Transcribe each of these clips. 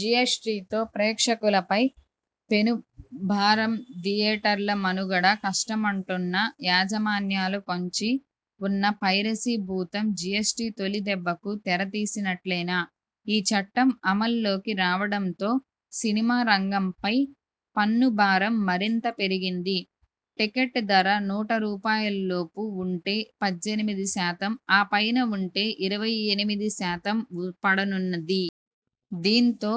జీఎస్టీతో ప్రేక్షకులపై పెనుభారంథియేటర్ల మనుగడ కష్టమంటున్న యాజమాన్యాలుపొంచి ఉన్న పైరసి భూతంజీఎస్టీ తొలి దెబ్బకు తెర తీసినట్లేనా..! ఈ చట్టం అమలులోకి రావడంతో సినిమా రంగంపై పన్ను భారం మరింత పెరిగింది. టెకెట్టు ధర నూట రూపాయలులోపు ఉంటే పద్దెనిమిది శాతం, ఆపైన ఉంటే ఇరవై ఎనిమిది శాతం పడనుంది. దీంతో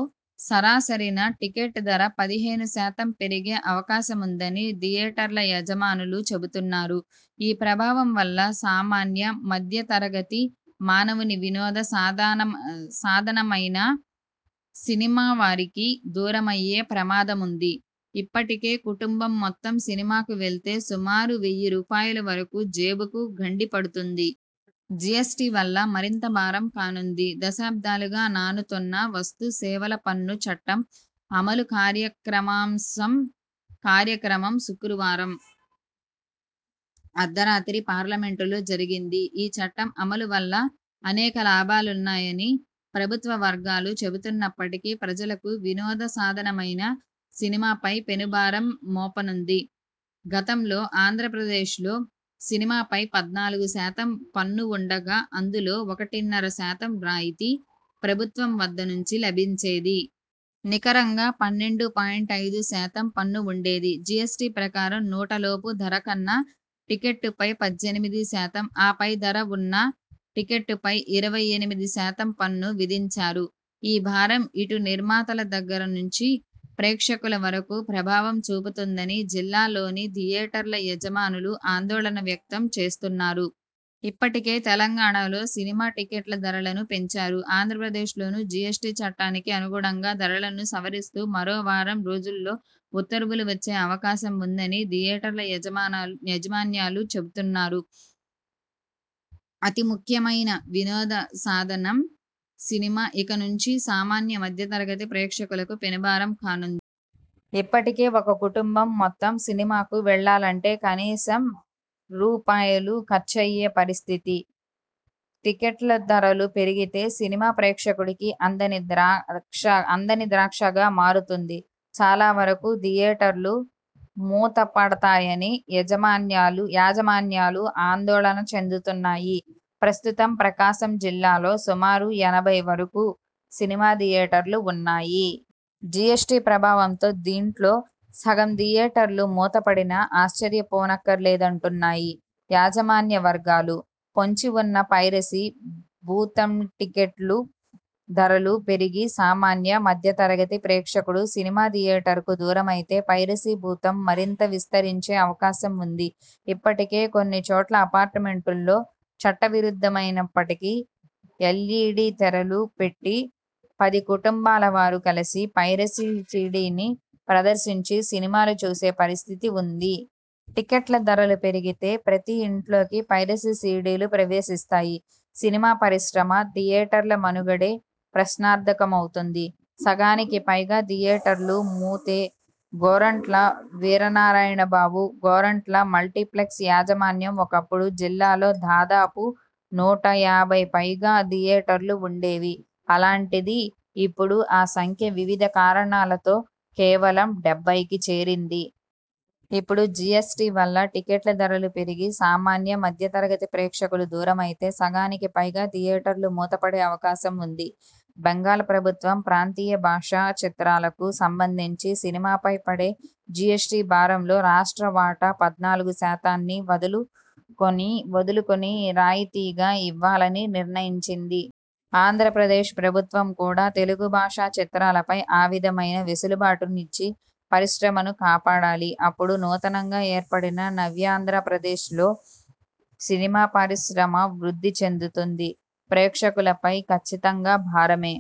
సరాసరిన టికెటు ధర పదిహేను శాతం పెరిగే అవకాశముందని థియేటర్ల యజమానులు చెబుతున్నారు. ఈ ప్రభావం వల్ల సామాన్య, మధ్య తరగతి మానవుని వినోద సాధనమైన సినిమా వారికి దూరమయ్యే ప్రమాదముంది. ఇప్పటికే కుటుంబం మొత్తం సినిమాకు వెళ్తే సుమారు వెయ్యి రూపాయల వరకు జేబుకు గండిపడుతుంది. జీఎస్టీ వల్ల మరింత భారం కానుంది. దశాబ్దాలుగా నానుతున్న వస్తు సేవల పన్ను చట్టం అమలు కార్యక్రమంశుక్రవారం అర్ధరాత్రి పార్గమెంటులో జరిగింది. ఈ చట్టం అమలు వల్ల అనేక లాభాలున్నాయని ప్రభుత్వ వర్గాలు చెబుతున్నప్పటికీ ప్రజలకు వినోద సాధనమైన సినిమాపై పెనుభారం మోపనుంది. గతంలో ఆంధ్రప్రదేశ్లో సినిమాపై పద్నాలుగు శాతం పన్ను ఉండగా అందులో ఒకటిన్నర శాతం రాయితీ ప్రభుత్వం వద్ద నుంచి లభించేది. నికరంగా పన్నెండు పాయింట్ ఐదు శాతం పన్ను ఉండేది. జీఎస్ టీ ప్రకారం నూట లోపు ధర ఉన్న టికెట్టుపై పద్దెనిమిది శాతం, ఆపై ధర ఉన్న టికెట్టుపై ఇరవై ఎనిమిది శాతం పన్ను విధించారు. ఈ భారం ఇటు నిర్మాతల దగ్గర నుంచి ప్రేక్షకుల వరకు ప్రభావం చూపుతుందని జిల్లాలోని థియేటర్ల యజమానులు ఆందోళన వ్యక్తం చేస్తున్నారు. ఇప్పటికే తెలంగాణలో సినిమా టికెట్ల ధరలను పెంచారు. ఆంధ్రప్రదేశ్లోనూ జీఎస్టీ చట్టానికి అనుగుణంగా ధరలను సవరిస్తూ మరో వారం రోజుల్లో ఉత్తర్వులు వచ్చే అవకాశం ఉందని థియేటర్ల యాజమాన్యాలు చెబుతున్నాయి. అతి ముఖ్యమైన వినోదసాధనం సినిమా ఇక నుంచి సామాన్య, మధ్యతరగతి ప్రేక్షకులకు పెనుభారం కానుంది. ఇప్పటికే ఒక కుటుంబం మొత్తం సినిమాకు వెళ్లాలంటే కనీసం రూ. ఖర్చయ్యే పరిస్థితి. టికెట్ల ధరలు పెరిగితే సినిమా ప్రేక్షకుడికి అందని ద్రాక్షగా మారుతుంది. చాలావరకు థియేటర్లు మూతప డతాయని యాజమాన్యాలు ఆందోళన చెందుతున్నాయి. ప్రస్తుతం ప్రకాశం జిల్లాలో సుమారు ఎనభై వరకు సినిమా థియేటర్లు ఉన్నాయి. జీఎస్టీ ప్రభావంతో దీంట్లో సగం థియేటర్లు మూతపడినా ఆశ్చర్య పోనక్కరలేదంటు న్నాయి యాజమాన్య వర్గాలు. పొంచి ఉన్న పైరసీ భూతంటికెట్ల ధరలు పెరిగి సామాన్య, మధ్య తరగతి ప్రేక్షకుడు సినిమా థియేటర్కు దూరమైతే పైరసీ భూతం మరింత విస్తరించే అవకాశం ఉంది. ఇప్పటికే కొన్ని చోట్ల అపార్టుమెంట్లలో చట్టవిరుద్ధమైన ప్పటికీ ఎల్ఈడీ తెరలు పెట్టి పదికుటుం బాల వారు కలిసి పైరసి సీడీని ప్రదర్శించి సినిమాలు చూసే పరిస్థితి ఉంది. టికెట్ల ధరలు పెరిగితే ప్రతి ఇంట్లోకి పైరసి సీడీలు ప్రవేశిస్తాయి. సినిమా పరిశ్రమ, థియేటర్ల మనుగడే ప్రశ్నార్థకమవుతుంది. సగానికి పైగా థియేటర్లు మూతే గోరంట్ల వీరనారాయణ బాబు, గోరంట్ల మల్టీప్లెక్స్ యాజమాన్యం ఒకపుడు జిల్లాలో దాదా పు నూట యాభై పైగా థియేటర్లు ఉండేవి. అలాంటిది ఇప్పుడు ఆ సంఖ్య వివిధ కారణాలతో కేవలం డెబ్బైకి చేరింది. ఇపుడు జీఎస్టీ వల్ల టికెట్ల ధరలు పెరిగి సామాన్య, మధ్య తరగతి ప్రేక్షకులు దూరమైతే సగానికి పైగా థియేటర్లు మూతపడే అవకాశం ఉంది. బెంగాల్ ప్రభుత్వం ప్రాంతీయ భాషా చిత్రాలకు సంబంధించి సినిమాపై పడే జీఎస్టీ భారంలో రాష్ట్ర వాటా పద్నాలుగు శాతాన్ని వదులు కుని వదులుకోని రాయితీగా ఇవ్వాలని నిర్ణయిం చింది. ఆంధ్రప్రదేశ్ ప్రభుత్వం కూడా తెలుగు భాషా చిత్రాలపై ఆ విధమైన వెసులుబాటు నిచ్చి పరిశ్రమను కాపాడాలి. అపుడు నూతనంగా ఏర్పడిన నవ్యాంధ్ర ప్రదేశ్లో సినిమా పరిశ్రమ వృద్ధి చెందుతుంది. ప్రేక్షకులపై ఖచ్చితంగా భారమే